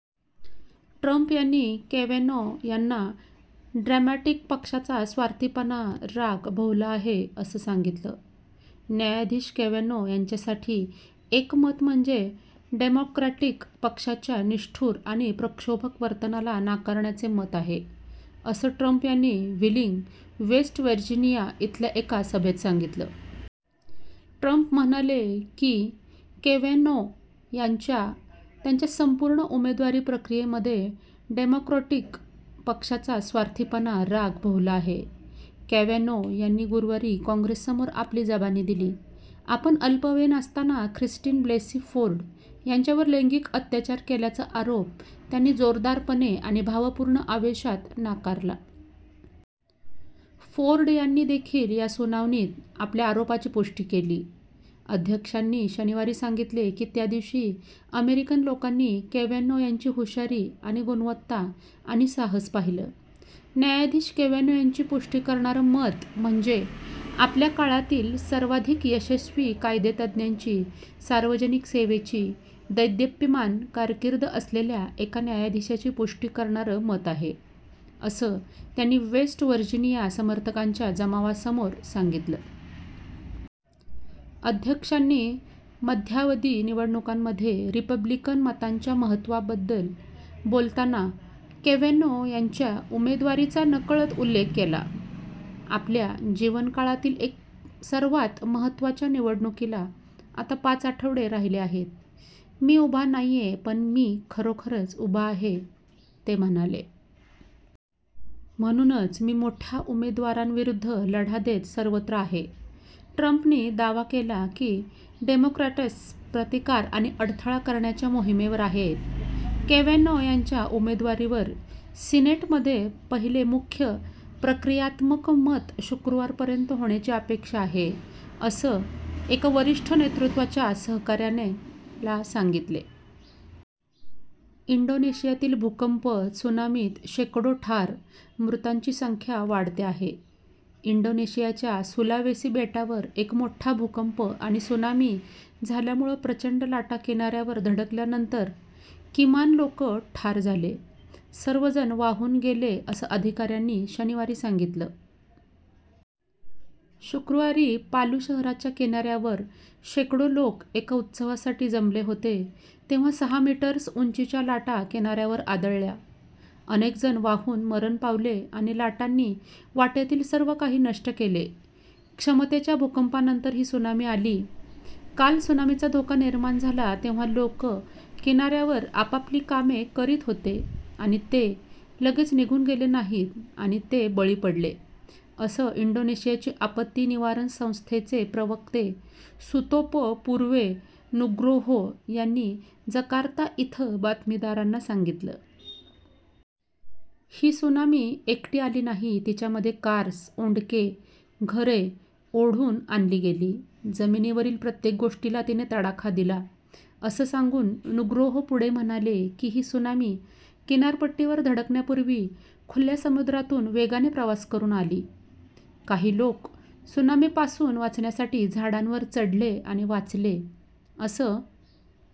Trump यांनी Kavanaugh यांना Democratic पक्षाचा 'स्वार्थीपणा, राग' भोवला आहे असं सांगितलं. "न्यायाधीश केवेनॉ यांच्यासाठी एक मत म्हणजे डेमोक्रॅटिक पक्षाच्या निष्ठुर आणि प्रक्षोभक वर्तनाला नाकारण्याचे मत आहे," असं ट्रम्प यांनी व्हीलिंग, वेस्ट वर्जिनिया इथल्या एका सभेत सांगितलं. ट्रम्प म्हणाले की केवेनॉ यांना त्यांच्या संपूर्ण उमेदवारी प्रक्रियेमध्ये डेमोक्रॅटिक पक्षाचा "स्वार्थीपणा, राग" भोवला आहे. केवेनॉ यांनी गुरूवारी काँग्रेससमोर आपली जबानी दिली, आपण अल्पवयीन असताना ख्रिस्टीन ब्लेसी फोर्ड यांच्यावर लैंगिक अत्याचार केल्याचा आरोप त्यांनी जोरदारपणे आणि भावपूर्ण आवेशात नाकारला. फोर्ड यांनी देखील या सुनावणीत आपल्या आरोपाची पुष्टि केली. अध्यक्षांनी शनिवारी सांगितले की त्या दिवशी "अमेरिकन लोकांनी केवेनॉ यांची हुशारी आणि गुणवत्ता आणि साहस" पाहिलं. "न्यायाधीश केवेनॉ यांची पुष्टि करणारं मत म्हणजे आपल्या काळातील सर्वाधिक यशस्वी कायदे तज्ञाची, सार्वजनिक सेवेची देदीप्यमान कारकीर्द असलेल्या एका न्यायाधीशाची पुष्टि करणारं मत आहे," असं त्यांनी वेस्ट वर्जिनिया समर्थकांच्या जमावासमोर सांगितलं. अध्यक्षांनी मध्यावधी निवडणुकांमध्ये रिपब्लिकन मतांच्या महत्वाबद्दल बोलताना केवेनॉ यांच्या उमेदवारीचा नकळत उल्लेख केला. आपल्या जीवनकाळातील एका सर्वात महत्वाच्या निवडणुकीला आता पाच आठवडे राहिले आहेत. मी उभा नाहीये, पण मी खरोखरच उभा आहे," ते म्हणाले. "म्हणूनच मी मोठ्या उमेदवारांविरुद्ध लढा देत सर्वत्र आहे. " ट्रम्पनी दावा केली की डेमोक्रॅट्स "प्रतिकार आणि अडथळा" करण्याच्या मोहिमेवर आहेत. केवेनॉ यांच्या उमेदवारीवर सिनेटमध्ये पहिले मुख्य प्रक्रियात्मक मत शुक्रवारपर्यंत होण्याची अपेक्षा आहे, असं एका वरिष्ठ नेतृत्वाच्या सहकाऱ्याने ला सांगितले. इंडोनेशियातील भूकंप, त्सुनामीत शेकडो ठार, मृतांची संख्या वाढते आहे इंडोनेशियाच्या सुलावेसी बेटावर एक मोठा भूकंप आणि त्सुनामी झाल्यामुळे प्रचंड लाटा किनाऱ्यांवर धडकल्यानंतर, किमान लोक ठार झाले, अनेकजण वाहून गेले असं अधिकाऱ्यांनी शनिवारी सांगितले. शुक्रवारी पालु शहराच्या किनाऱ्यावर शेकडो लोक एका उत्सवासाठी जमले होते तेव्हा सहा मीटर्स उंचीच्या लाटा किनाऱ्यावर आदळल्या, अनेकजण वाहून मरण पावले आणि लाटांनी वाटेतील सर्वकाही नष्ट केलं. क्षमतेच्या भूकंपानंतर ही त्सुनामी आली. "काल त्सुनामीचा धोका निर्माण झाला तेव्हा, लोक किनाऱ्यावर आपापली कामे करत होते आणि ते लगेच निघून गेले नाहीत आणि ते बळी पडले," असं इंडोनेशियाची आपत्ती निवारण संस्था चे प्रवक्ते सुतोपो पुर्वो नुग्रोहो यांनी जकार्ता इथं बातमीदारांना सांगितलं. "ही त्सुनामी एकटी आली नाही, तिच्यामध्ये कार्स, ओंडके, घरे, ओढून आणली गेली, जमिनीवरील प्रत्येक गोष्टीला तिने तडाखा दिला," असं सांगून नुग्रोहो पुढे म्हणाले, की ही त्सुनामी किनारपट्टीवर धडकण्यापूर्वी खुल्या समुद्रातून वेगाने प्रवास करुन आली. काही लोक त्सुनामीपासून वाचण्यासाठी झाडांवर चढले आणि वाचले, असं